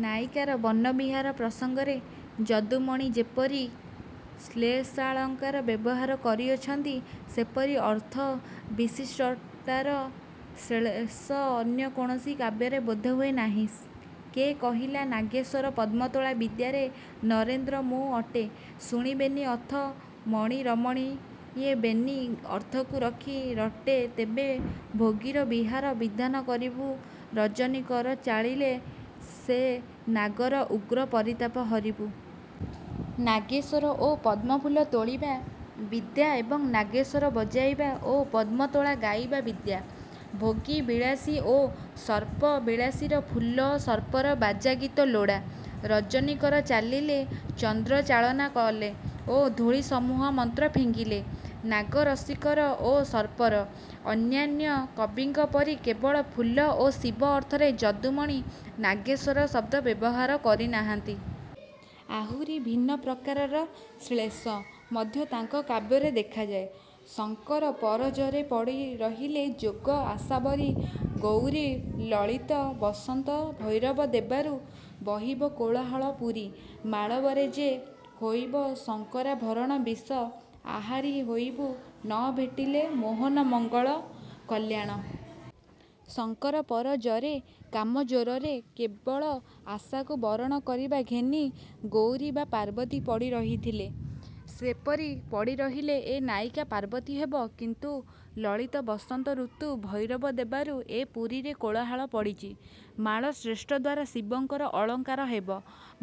'ନାୟିକାର ବନବିହାର ପ୍ରସଙ୍ଗରେ ଯଦୁମଣି ଯେପରି ଶ୍ଳେଷାଳଙ୍କାର ବ୍ୟବହାର କରିଅଛନ୍ତି, ସେପରି ଅର୍ଥ- ବିଶିଷ୍ଟତାର ଶ୍ଲେଷ ଅନ୍ୟ କୌଣସି କାବ୍ୟରେ ବୋଧହୁଏ ନାହିଁ। କେ କହିଲା ନାଗେଶ୍ୱର ପଦ୍ମତୋଳା ବିଦ୍ୟାରେ ନରେନ୍ଦ୍ର ମୁଁ ଅଟେ ଶୁଣି ବେନି ଅଥ ମଣି ରମଣୀଏ ବେନି ଅର୍ଥକୁ ରଖି ରଟେ ତେବେ ଭୋଗୀର ବିହାର ବିଧାନ କରିବୁ ରଜନୀ କର ଚାଳିଲେ ସେ ନାଗର ଉଗ୍ର ପରିତାପ ହରିବୁ। ''ନାଗେଶ୍ୱର ଓ ପଦ୍ମଫୁଲ ତୋଳିବା ବିଦ୍ୟା ଏବଂ ନାଗେଶ୍ୱର ବଜାଇବା ଓ ପଦ୍ମତୋଳା ଗାଇବା ବିଦ୍ୟା। ଭୋଗୀ−ବିଳାସୀ ଓ ସର୍ପ, ବିଳାସୀର ଫୁଲ, ସର୍ପର ବାଜାଗୀତ ଲୋଡ଼ା। ରଜନୀକର ଚାଲିଲେ-ଚନ୍ଦ୍ର ଚାଳନା କଲେ ଓ ଧୂଳି ସମୂହ ମନ୍ତ୍ର ଫିଙ୍ଗିଲେ। ନାଗ−ରସିକର ଓ ସର୍ପର। ''ଅନ୍ୟାନ୍ୟ କବିଙ୍କ ପରି କେବଳ ଫୁଲ ଓ ଶିବ ଅର୍ଥରେ ଯଦୁମଣି 'ନାଗେଶ୍ୱର' ଶବ୍ଦ ବ୍ୟବହାର କରି ନାହାନ୍ତି। ଆହୁରି ଭିନ୍ନ ପ୍ରକାରର ଶ୍ଲେଷ। ମଧ୍ୟ ତାଙ୍କ କାବ୍ୟରେ ଦେଖାଯାଏ। ଶଙ୍କର ପର−ଜରେ ପଡ଼ିରହିଲେ ଯୋଗ ଆଶାବରୀ ଗଉରୀ ଲଳିତ ବସନ୍ତ ଭୈରବ ଦେବାରୁ ବହିବ କୋଳାହଳ ପୁରୀ ମାଳବରେ ଯେ, ହୋଇବ ଶଙ୍କରାଭରଣ ବିଷ ଆହାରି ହୋଇବୁ ନ ଭେଟିଲେ ମୋହନ ମଙ୍ଗଳ କଲ୍ୟାଣ! ଶଙ୍କରପର−ଜରେ−କାମଜ୍ୱରରେ, କେବଳ ଆଶକୁ ବରଣ କରିବା ଘେନି ଗୌରୀ ବା ପାର୍ବତୀ ପଡ଼ି ରହିଥିଲେ। ସେପରି ପଡ଼ି ରହିଲେ ଏ ନାୟିକା ପାର୍ବତୀ ହେବ। କିନ୍ତୁ ଲଳିତ ବସନ୍ତ ଋତୁ ଭୈରବ ଦେବାରୁ ଏ ପୁରୀରେ କୋଳାହଳ ପଡ଼ିଛି। ମାଳ−ଶ୍ରେଷ୍ଠଦ୍ୱାରା ଶିବଙ୍କର ଅଳଙ୍କାର ହେବ।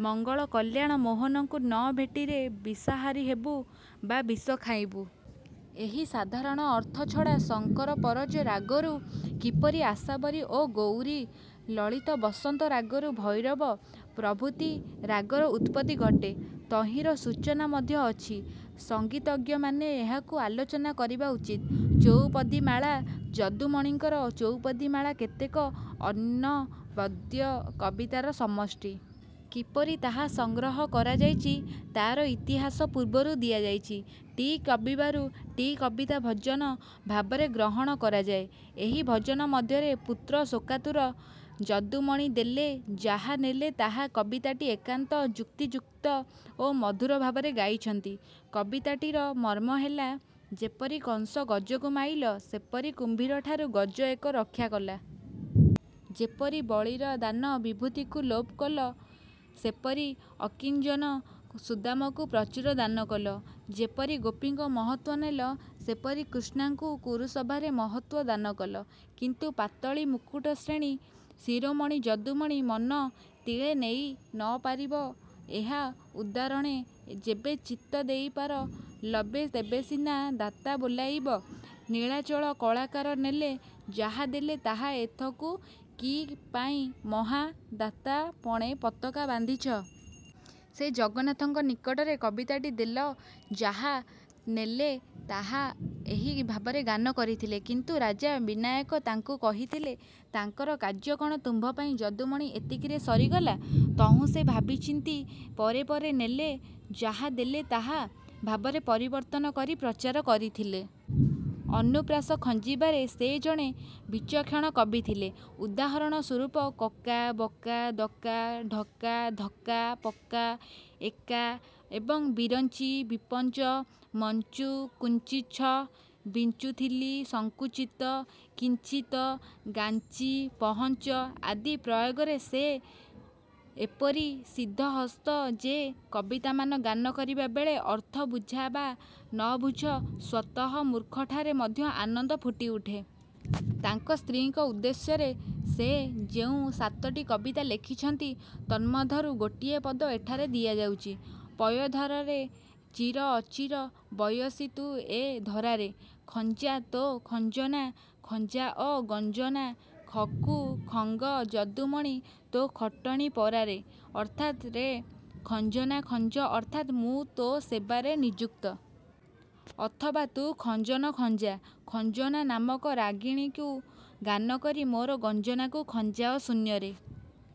ମଙ୍ଗଳ କଲ୍ୟାଣ ମୋହନଙ୍କୁ ନ ଭେଟିରେ ବିଷାହାରୀ ହେବୁ ବା ବିଷ ଖାଇବୁଁ। ଏହି ସାଧାରଣ ଅର୍ଥ ଛଡ଼ା ଶଙ୍କର ପରଜ ରାଗରୁ କିପରି ଆଶାବରୀ ଓ ଗୌରୀ, ଲଳିତ ବସନ୍ତ ରାଗରୁ ଭୈରବ ପ୍ରଭୃତି ରାଗର ଉତ୍ପତ୍ତି ଘଟେ, ତହିଁର ସୂଚନା ମଧ୍ୟ ଅଛି। ସଙ୍ଗୀତଜ୍ଞମାନେ ଏହାକୁ ଆଲୋଚନା କରିବା ଉଚିତ। " ଚଉପଦୀମାଳା ଯଦୁମଣିଙ୍କର ଚଉପଦୀମାଳା କେତେକ ଅନବଦ୍ୟ କବିତାର ସମଷ୍ଟି। କିପରି ତାହା ସଂଗ୍ରହ କରାଯାଇଛି ତାର ଇତିହାସ ପୂର୍ବରୁ ଦିଆଯାଇଛି। ଟି କବିବାରୁ ଟି କବିତା ଭଜନ ଭାବରେ ଗ୍ରହଣ କରାଯାଏ। ଏହି ଭଜନ ମଧ୍ୟରେ ପୁତ୍ରଶୋକାତୁର ଯଦୁମଣି 'ଦେଲ ଯାହା ନେଲ ତାହା' କବିତାଟି ଏକାନ୍ତ ଯୁକ୍ତିଯୁକ୍ତ ଓ ମଧୁର ଭାବରେ ଗାଇଛନ୍ତି। କବିତାଟିର ମର୍ମ୍ମହେଲା- ଯେପରି କଂସ ଗଜକୁ ମାଇଲ, ସେପରି କୁମ୍ଭୀରଠାରୁ ଗଜ ଏକ ରକ୍ଷା କଲା। ଯେପରି ବଳୀର ଦାନ ବିଭୂତିକୁ ଲୋପକଲ, ସେପରି ଅକିଞ୍ଚନ ସୁଦାମକୁ ପ୍ରଚୁର ଦାନକଲ। ଯେପରି ଗୋପୀଙ୍କ ମହତ୍ୱ ନେଲ, ସେପରି କୃଷ୍ଣାଙ୍କୁ କୁରୁସଭାରେ ମହତ୍ୱ ଦାନକଲ। କିନ୍ତୁ- ପାତଳୀ ମୁକୁଟ ଶ୍ରେଣୀ ଶିରୋମଣି ଯଦୁମଣି ମନ ତିଳେ ନେଇ ନ ପାରିବ ଏହା ଉଦ୍ଧାରଣେ ଯେବେ ଚିତ୍ତ ଦେଇପାର ଲବେ ତେବେସିନା ଦାତା ବୋଲାଇବ ନୀଳାଚଳ କଳାକର ନେଲ ଯାହା ଦେଲେ ତାହା ଏଥକୁ କିପାଇଁ ମହା− ଦାତା ପଣେ ପତକା ବାନ୍ଧିଛ? ସେ ଜଗନ୍ନାଥଙ୍କ ନିକଟରେ କବିତାଟି ଦେଲ ଯାହା ନେଲ ତାହା ଏହି ଭାବରେ ଗାନ କରିଥିଲେ। କିନ୍ତୁ ରାଜା ବିନାୟକ ତାଙ୍କୁ କହିଥିଲେ, ତାଙ୍କର କାର୍ଯ୍ୟ କ'ଣ ତୁମ୍ଭପାଇଁ ଯଦୁମଣି ଏତିକିରେ ସରିଗଲା? ତହୁଁ ସେ ଭାବିଚିନ୍ତି ପରେ ପରେ ''ନେଲ ଯାହା−ଦେଲ ତାହା" ଭାବରେ ପରିବର୍ତ୍ତନ କରି ପ୍ରଚାର କରିଥିଲେ। ଅନୁପ୍ରାସ ଖଞ୍ଜିବାରେ ସେ ଜଣେ ବିଚକ୍ଷଣ କବି ଥିଲେ। ଉଦାହରଣ ସୂରୁପ କକା, ବକା, ଦକା ଡକା ଧକ୍କା, ପକ୍କା, ଏକା ଏବଂ ବିରଞ୍ଚି, ବିପଞ୍ଚ, ମଞ୍ଚୁ, କୁଞ୍ଚିଚ୍ଛ, ବିଂଚୁଥିଲି, ସଂକୁଚିତ, କିଂଚିତ, ଗାଞ୍ଚି ପହଞ୍ଚ ଆଦି ପ୍ରୟୋଗ ରେ ସେ ଏପରି ସିଦ୍ଧହସ୍ତ ଯେ କବିତାମାନ ଗାନକରିବାବେଳେ ଅର୍ଥ ବୁଝାବା ନବୁଝ ସ୍ୱତଃ ମୁର୍ଖଠାରେ ମଧ୍ୟ ଆନନ୍ଦ ଫୁଟିଉଠେ। ତାଙ୍କ ସ୍ତ୍ରୀଙ୍କ ଉଦ୍ଦେଶ୍ୟରେ ସେ ଯେଉଁ ସାତଟି କବିତା ଲେଖିଛନ୍ତି, ତନ୍ମଧ୍ୟରୁ ଗୋଟିଏ ପଦ ଏଠାରେ ଦିଆଯାଉଛି। ପୟୋଧରାରେ ଚିର ଅଚିର ବୟସୀ ତୁ ଏ ଧରାରେ। ଖଞ୍ଜା ତୋ ଖଞ୍ଜନା ଖଞ୍ଜାଅ ଗଞ୍ଜନା ଖକୁ ଖଙ୍ଗ ଯଦୁମଣି ତୋ ଖଟଣି ପରାରେ। ଅର୍ଥାତ ରେ ଖଞ୍ଜନା ଖଞ୍ଜ ଅର୍ଥାତ୍ ମୁଁ ତୋ ସେବାରେ ନିଯୁକ୍ତ-। ଅଥବା ତୁ ଖଞ୍ଜନ ଖଞ୍ଜା-ଖଞ୍ଜନା ନାମକ ରାଗିଣୀକୁ ଗାନକରି, ମୋର ଗଞ୍ଜନାକୁ ଖଞ୍ଜାଅ-ଶୂନ୍ୟରେ।